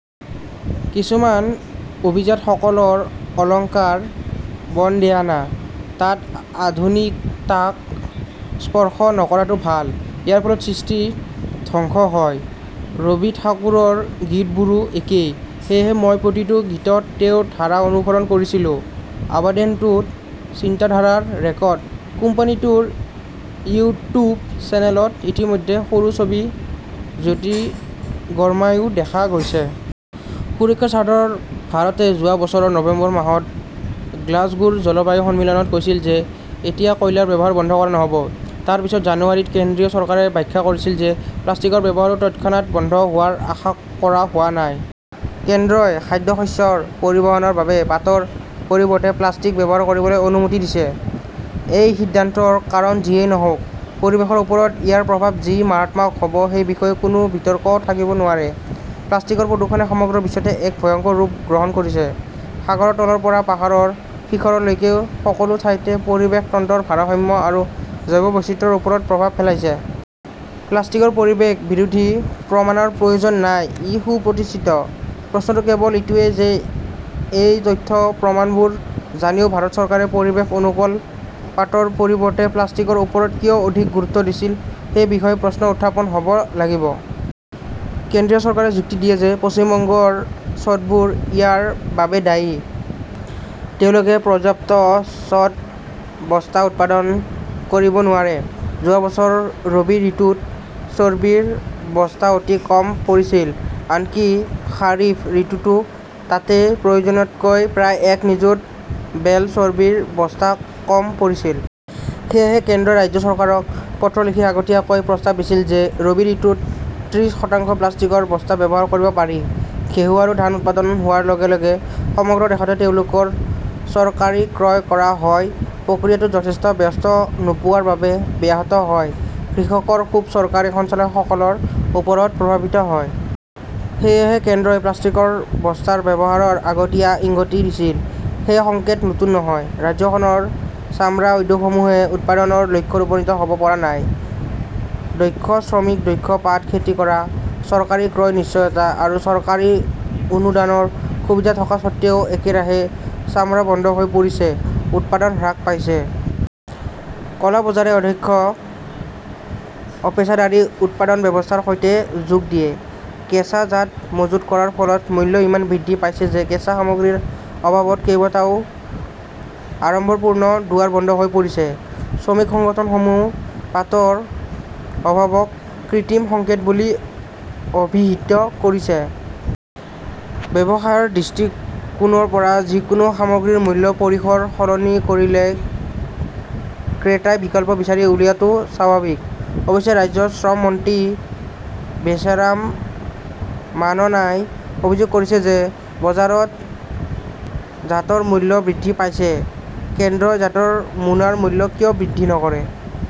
কিছুমান অভিজাতসকলৰ অলংকাৰ বনদেয়ানা। তাত আধুনিকতাক স্পৰ্শ নকৰাটো ভাল। ইয়াৰ ফলত সৃষ্টি ধ্বংস হয়। ৰবি ঠাকুৰৰ গীতবোৰো একেই। সেয়েহে মই প্ৰতিটো গীতত তেওঁৰ ধাৰা অনুসৰণ কৰিছিলো। আবেদনটোত চিন্তাধাৰাৰ ৰেকৰ্ড। কোম্পানীটোৰ ইউটিউব চেনেলত ইতিমধ্যে সৰু ছবি জ্যোতিৰ্গাময়ো দেখা গৈছে। সুৰক্ষাৰ স্বাৰ্থত ভাৰতে যোৱা বছৰৰ নৱেম্বৰ মাহত গ্লাছগোৰ জলবায়ু সন্মিলনত কৈছিল যে এতিয়া কয়লাৰ ব্যৱহাৰ বন্ধ কৰা নহ'ব। তাৰ পিছত জানুৱাৰীত কেন্দ্ৰীয় চৰকাৰে ব্যাখ্যা কৰিছিল যে প্লাষ্টিকৰ ব্যৱহাৰো তৎক্ষণাত বন্ধ হোৱাৰ আশা কৰা হোৱা নাই। কেন্দ্ৰই খাদ্যশস্য পৰিবহণৰ বাবে পাটৰ পৰিৱৰ্তে প্লাষ্টিক ব্যৱহাৰ কৰিবলৈ অনুমতি দিছে। এই সিদ্ধান্তৰ কাৰণ যিয়েই নহওঁক, পৰিৱেশৰ ওপৰত ইয়াৰ প্ৰভাৱ যি মাৰাত্মক হ 'ব সেই বিষয়ে কোনো বিতৰ্ক থাকিব নোৱাৰে। প্লাষ্টিকৰ প্ৰদূষণে সমগ্ৰ বিশ্বতে এক ভয়ংকৰ ৰূপ গ্ৰহণ কৰিছে, সাগৰৰ তলৰ পৰা পাহাৰৰ শিখৰলৈকে সকলো ঠাইতে পৰিৱেশ তন্ত্ৰৰ ভাৰসাম্য আৰু জৈৱ বৈচিত্ৰ্যৰ ওপৰত প্ৰভাৱ পেলাইছে। প্লাষ্টিকৰ পৰিৱেশ বিৰোধী প্ৰমাণৰ প্ৰয়োজন নাই, ই সুপ্ৰতিষ্ঠিত। প্ৰশ্নটো কেৱল এইটোৱেই যে এই তথ্য-প্ৰমাণবোৰ জানিও ভাৰত চৰকাৰে পৰিৱেশ অনুকূল পাটৰ পৰিৱৰ্তে প্লাষ্টিকৰ ওপৰত কিয় অধিক গুৰুত্ব দিছিল সেই বিষয়ে প্ৰশ্ন উত্থাপন হ'ব লাগিব। কেন্দ্ৰীয় চৰকাৰে যুক্তি দিয়ে যে পশ্চিম বংগৰ চ'টবোৰ ইয়াৰ বাবে দায়ী, তেওঁলোকে পৰ্যাপ্ত চ'ট বস্তা উৎপাদন কৰিব নোৱাৰে। যোৱা বছৰৰ ৰবি ঋতুত চৰ্বিৰ বস্তা অতি কম পৰিছিল, আনকি খাৰিফ ঋতুতো তাহাই-প্ৰয়োজনতকৈ প্ৰায় এক নিযুত বেল চৰ্বিৰ বস্তা কম পৰিছিল। সেয়েহে কেন্দ্ৰই ৰাজ্য চৰকাৰক পত্ৰ লিখি আগতীয়াকৈ প্ৰস্তাৱ দিছিল যে ৰবি ঋতুত ত্ৰিশ শতাংশ প্লাষ্টিকৰ বস্তা ব্যৱহাৰ কৰিব পাৰি। ঘেঁহু আৰু ধান উৎপাদন হোৱাৰ লগে - লগে সমগ্ৰ দেশতে তেওঁলোকৰ চৰকাৰী ক্ৰয় কৰা হয়, প্ৰক্ৰিয়াটো যথেষ্ট বস্তা নোপোৱাৰ বাবে ব্যাহত হয়, কৃষকৰ ক্ষোভ চৰকাৰী সঞ্চালকসকলৰ ওপৰত প্ৰভাৱিত হয়। সেয়েহে কেন্দ্ৰই প্লাষ্টিকৰ বস্তাৰ ব্যৱহাৰৰ আগতীয়া ইংগিত দিছিল। এই সংকট নতুন নহয়। ৰাজ্যখনৰ চামৰা উদ্যোগসমূহে উৎপাদনৰ লক্ষ্যত উপনীত হ'ব পৰা নাই। দক্ষ শ্ৰমিক, দক্ষ পাট খেতি কৰা, চৰকাৰী ক্ৰয়ৰ নিশ্চয়তা আৰু চৰকাৰী অনুদানৰ সুবিধা থকা স্বত্বেও একেৰাহে চামৰা বন্ধ হৈ পৰিছে, উৎপাদন হ্ৰাস পাইছে। ক'লা বজাৰে অদক্ষ, অপেচাদাৰী উৎপাদন ব্যৱস্থাৰ সৈতে যোগ দিয়ে। কেঁচা জাট মজুত কৰাৰ ফলত মূল্য ইমান বৃদ্ধি পাইছে যে কেঁচা সামগ্ৰীৰ অভাৱত কেইবাটাও আড়ম্বৰপূৰ্ণ দুৱাৰ বন্ধ হৈ পৰিছে। শ্ৰমিক সংগঠনসমূহেও পাটৰ অভাৱক কৃত্ৰিম সংকট বুলি অভিহিত কৰিছে। ব্যৱসায়ৰ দৃষ্টিকোণৰ পৰা যিকোনো সামগ্ৰীৰ মূল্যৰ পৰিসৰ সলনি কৰিলে ক্ৰেতাই বিকল্প বিচাৰি উলিওৱাটো স্বাভাৱিক। অৱশ্যে ৰাজ্যৰ শ্ৰম মন্ত্ৰী বেচাৰাম মাননাই অভিযোগ কৰিছে যে বজাৰত জাটৰ মূল্য বৃদ্ধি পাইছে, কেন্দ্ৰই জাটৰ মোনাৰ মূল্য কিয় বৃদ্ধি নকৰে।